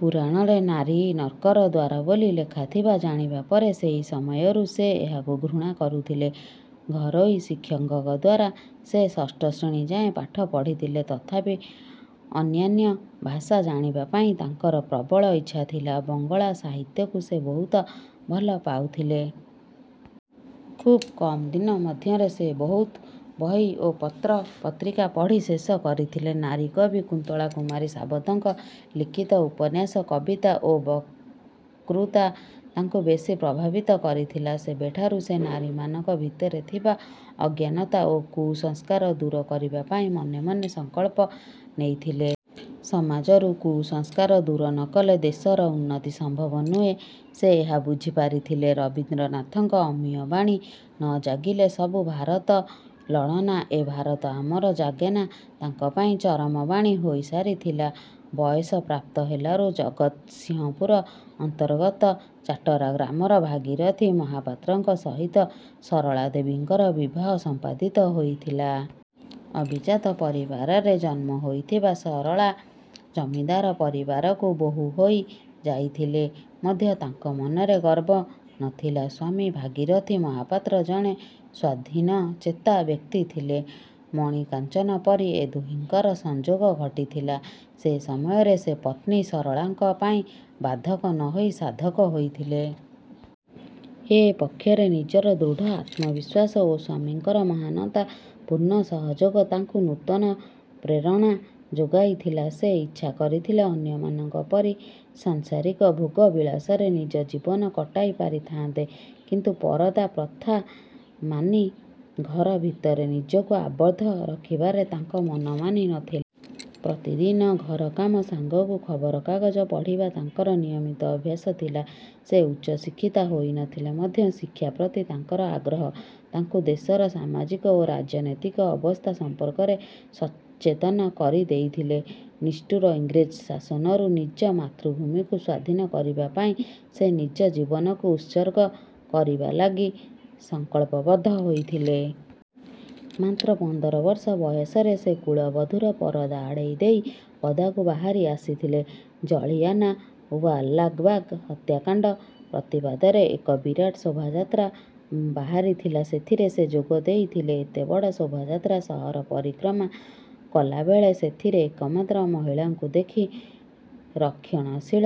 ପୁରାଣରେ ନାରୀ ନର୍କର ଦ୍ୱାର ବୋଲି ଲେଖାଥିବା ଜାଣିବା ପରେ ସେହି ସମୟରୁ ସେ ଏହାକୁ ଘୃଣା କରୁଥିଲେ। ଘରୋଇ ଶିକ୍ଷକଙ୍କଦ୍ୱାରା ସେ ଷଷ୍ଠ ଶ୍ରେଣୀ ଯାଏଁ ପାଠ ପଢିଥିଲେ। ତଥାପି ଅନ୍ୟାନ୍ୟ ଭାଷା ଜାଣିବା ପାଇଁ ତାଙ୍କର ପ୍ରବଳ ଇଚ୍ଛା ଥିଲା। ବଙ୍ଗଳା ସାହିତ୍ୟକୁ ସେ ବହୁତ୍ ଭଲ ପାଉଥିଲେ। ଖୁବ୍ କମ୍ ଦିନ ମଧ୍ୟରେ ସେ ବହୁତ୍ ବହି ଓ ପତ୍ର ପତ୍ରିକା ପଢି ଶେଷ କରିଥିଲେ। ନାରୀ କବି କୁନ୍ତଳା କୁମାରୀ ସାବତଙ୍କ ଲିଖିତ ଉପନ୍ୟାସ, କବିତା ଓ ବତ୍କୃତା ତାଙ୍କୁ ବେଶି ପ୍ରଭାବିତ କରିଥିଲା। ସେବେଠାରୁ ସେ ନାରୀ ମାନଙ୍କ ଭିତରେ ଥିବା ଅଜ୍ଞାନତା ଓ କୁସଂସ୍କାର ଦୂର କରିବା ପାଇଁ ମନେ ମନେ ସଂକଳ୍ପ ନେଇଥିଲେ। ସମାଜରୁ କୁସଂସ୍କାର ଦୂର ନକଲେ ଦେଶର ଉନ୍ନତି ସମ୍ଭବ ନୁହେଁ, ସେ ଏହା ବୁଝିପାରିଥିଲେ। ରବୀନ୍ଦ୍ରନାଥଙ୍କ ଅମୀୟ ବାଣୀ ନ ଜାଗିଲେ ସବୁ ଭାରତ ଲଳନା, ଏ ଭାରତ ଆମର ଜାଗେନା ତାଙ୍କ ପାଇଁ ଚରମ ବାଣୀ ହୋଇସାରିଥିଲା। ବୟସ ପ୍ରାପ୍ତ ହେଲାରୁ, ଜଗତସିଂହପୁର ଅନ୍ତର୍ଗତ ଚାଟରା ଗ୍ରାମର ଭାଗୀରଥି ମହାପାତ୍ରଙ୍କ ସହିତ ସରଳା ଦେବୀଙ୍କର ବିବାହ ସମ୍ପାଦିତ ହୋଇଥିଲା। ଅଭିଜାତ ପରିବାରରେ ଜନ୍ମ ହୋଇଥିବା ସରଳା, ଜମିଦାର ପରିବାରକୁ ବୋହୁ ହୋଇ ଯାଇଥିଲେ ମଧ୍ୟ ତାଙ୍କ ମନରେ ଗର୍ବ ନଥିଲା। ସ୍ୱାମୀ ଭାଗିରଥି ମହାପାତ୍ର ଜଣେ ସ୍ୱାଧୀନଚେତା ବ୍ୟକ୍ତି ଥିଲେ। ମଣିକାଞ୍ଚନ ପରି ଏ ଦୁହିଁଙ୍କର ସଂଯୋଗ ଘଟିଥିଲା। ସେ ସମୟରେ ସେ ପତ୍ନୀ ସରଳାଙ୍କ ପାଇଁ ବାଧକ ନହୋଇ ସାଧକ ହୋଇଥିଲେ। ଏକ ପକ୍ଷରେ ନିଜର ଦୃଢ଼ ଆତ୍ମବିଶ୍ୱାସ ଓ ସ୍ୱାମୀଙ୍କର ମହାନତା ପୂର୍ଣ୍ଣ ସହଯୋଗ ତାଙ୍କୁ ନୂତନ ପ୍ରେରଣା ଯୋଗାଇଥିଲା। ସେ ଇଚ୍ଛା କରିଥିଲେ ଅନ୍ୟମାନଙ୍କ ପରି ସାଂସାରିକ ଭୋଗ ବିଳାସରେ ନିଜ ଜୀବନ କଟାଇପାରିଥାନ୍ତେ, କିନ୍ତୁ ପରଦା ପ୍ରଥା ମାନି ଘର ଭିତରେ ନିଜକୁ ଆବଦ୍ଧ ରଖିବାରେ ତାଙ୍କ ମନ ମାନି ନଥିଲା। ପ୍ରତିଦିନ ଘର କାମ ସାଙ୍ଗକୁ ଖବରକାଗଜ ପଢ଼ିବା ତାଙ୍କର ନିୟମିତ ଅଭ୍ୟାସ ଥିଲା। ସେ ଉଚ୍ଚଶିକ୍ଷିତା ହୋଇନଥିଲେ ମଧ୍ୟ ଶିକ୍ଷା ପ୍ରତି ତାଙ୍କର ଆଗ୍ରହ ତାଙ୍କୁ ଦେଶର ସାମାଜିକ ଓ ରାଜନୈତିକ ଅବସ୍ଥା ସମ୍ପର୍କରେ ସଚେତନ କରିଦେଇଥିଲା। ନିଷ୍ଠୁର ଇଂରେଜ ଶାସନରୁ ନିଜ ମାତୃଭୂମିକୁ ସ୍ୱାଧୀନ କରିବା ପାଇଁ ସେ ନିଜ ଜୀବନକୁ ଉତ୍ସର୍ଗ କରିବାଲାଗି ସଂକଳ୍ପବଦ୍ଧ ହୋଇଥିଲେ। ମାତ୍ର ପନ୍ଦର ବର୍ଷ ବୟସରେ ସେ କୁଳବଧୂର ପରଦା ଆଡେଇ ଦେଇ ପଦାକୁ ବାହାରି ଆସିଥିଲେ। ଜଳିଆନାୱାଲାବାଗ୍ ହତ୍ୟାକାଣ୍ଡ ପ୍ରତିବାଦରେ ଏକ ବିରାଟ ଶୋଭାଯାତ୍ରା ବାହାରିଥିଲା। ସେଥିରେ ସେ ଯୋଗଦେଇଥିଲେ। ଏତେ ବଡ଼ ଶୋଭାଯାତ୍ରା ସହର ପରିକ୍ରମା କଲାବେଳେ ସେଥିରେ ଏକମାତ୍ର ମହିଳାଙ୍କୁ ଦେଖି ରକ୍ଷଣଶୀଳ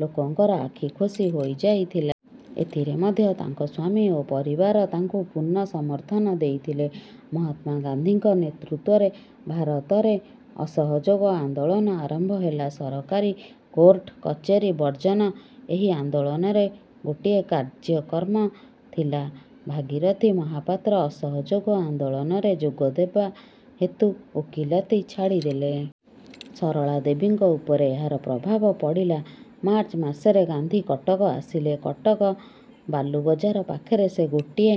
ଲୋକଙ୍କର ଆଖି ଖୋସି ହୋଇଯାଇଥିଲା। ଏଥିରେ ମଧ୍ୟ ତାଙ୍କ ସ୍ୱାମୀ ଓ ପରିବାର ତାଙ୍କୁ ପୂର୍ଣ୍ଣ ସମର୍ଥନ ଦେଇଥିଲେ। ମହାତ୍ମା ଗାନ୍ଧୀଙ୍କ ନେତୃତ୍ୱରେ ଭାରତରେ ଅସହଯୋଗ ଆନ୍ଦୋଳନ ଆରମ୍ଭ ହେଲା। ସରକାରୀ କୋର୍ଟ କଚେରୀ ବର୍ଜନ ଏହି ଆନ୍ଦୋଳନରେ ଗୋଟିଏ କାର୍ଯ୍ୟକ୍ରମ ଥିଲା। ଭାଗିରଥି ମହାପାତ୍ର ଅସହଯୋଗ ଆନ୍ଦୋଳନରେ ଯୋଗ ଦେବା ହେତୁ ଓକିଲାତି ଛାଡି ଦେଲେ। ସରଳା ଦେବୀଙ୍କ ଉପରେ ଏହାର ପ୍ରଭାବ ପଡ଼ିଲା। ମାର୍ଚ୍ଚ ମାସରେ ଗାନ୍ଧୀ କଟକ ଆସିଲେ। କଟକ ବାଲୁବଜାର ପାଖରେ ସେ ଗୋଟିଏ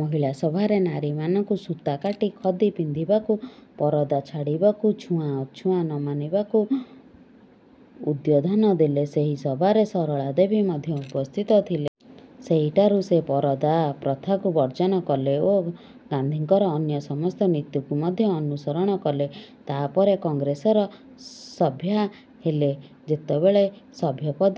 ମହିଳା ସଭାରେ ନାରୀ ମାନଙ୍କୁ ସୂତା କାଟି ଖଦି ପିନ୍ଧିବାକୁ, ପରଦା ଛାଡିବାକୁ, ଛୁଆଁ ଅଛୁଆଁ ନମାନିବାକୁ ଉଦ୍ୱୋଧନ ଦେଲେ। ସେହି ସଭାରେ ସରଳା ଦେବୀ ମଧ୍ୟ ଉପସ୍ଥିତ ଥିଲେ। ସେହିଠାରୁ ସେ ପରଦା ପ୍ରଥାକୁ ବର୍ଜନ କଲେ ଓ ଗାନ୍ଧୀଙ୍କର ଅନ୍ୟ ସମସ୍ତ ନୀତିକୁ ମଧ୍ୟ ଅନୁସରଣ କଲେ। ତା ପରେ ସେ କଂଗ୍ରେସର ସଭ୍ୟା ହେଲେ। ସେତେବେଳେ ସଭ୍ୟପଦ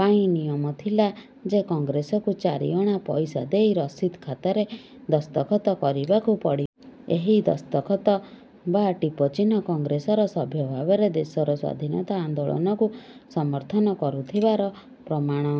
ପାଇଁ ନିୟମ ଥିଲା ଯେ, କଂଗ୍ରେସକୁ ଚାରିଅଣା ପଇସା ଦେଇ ରସିଦ୍ ଖାତାରେ ଦସ୍ତଖତ କରିବାକୁ ପଡିବ। ଏହି ଦସ୍ତଖତ ବା ଟିପ ଚିହ୍ନ କଂଗ୍ରେସର ସଭ୍ୟ ଭାବରେ ଦେଶର ସ୍ୱାଧୀନତା ଆନ୍ଦୋଳନକୁ ସମର୍ଥନ କରୁଥିବାର ପ୍ରମାଣ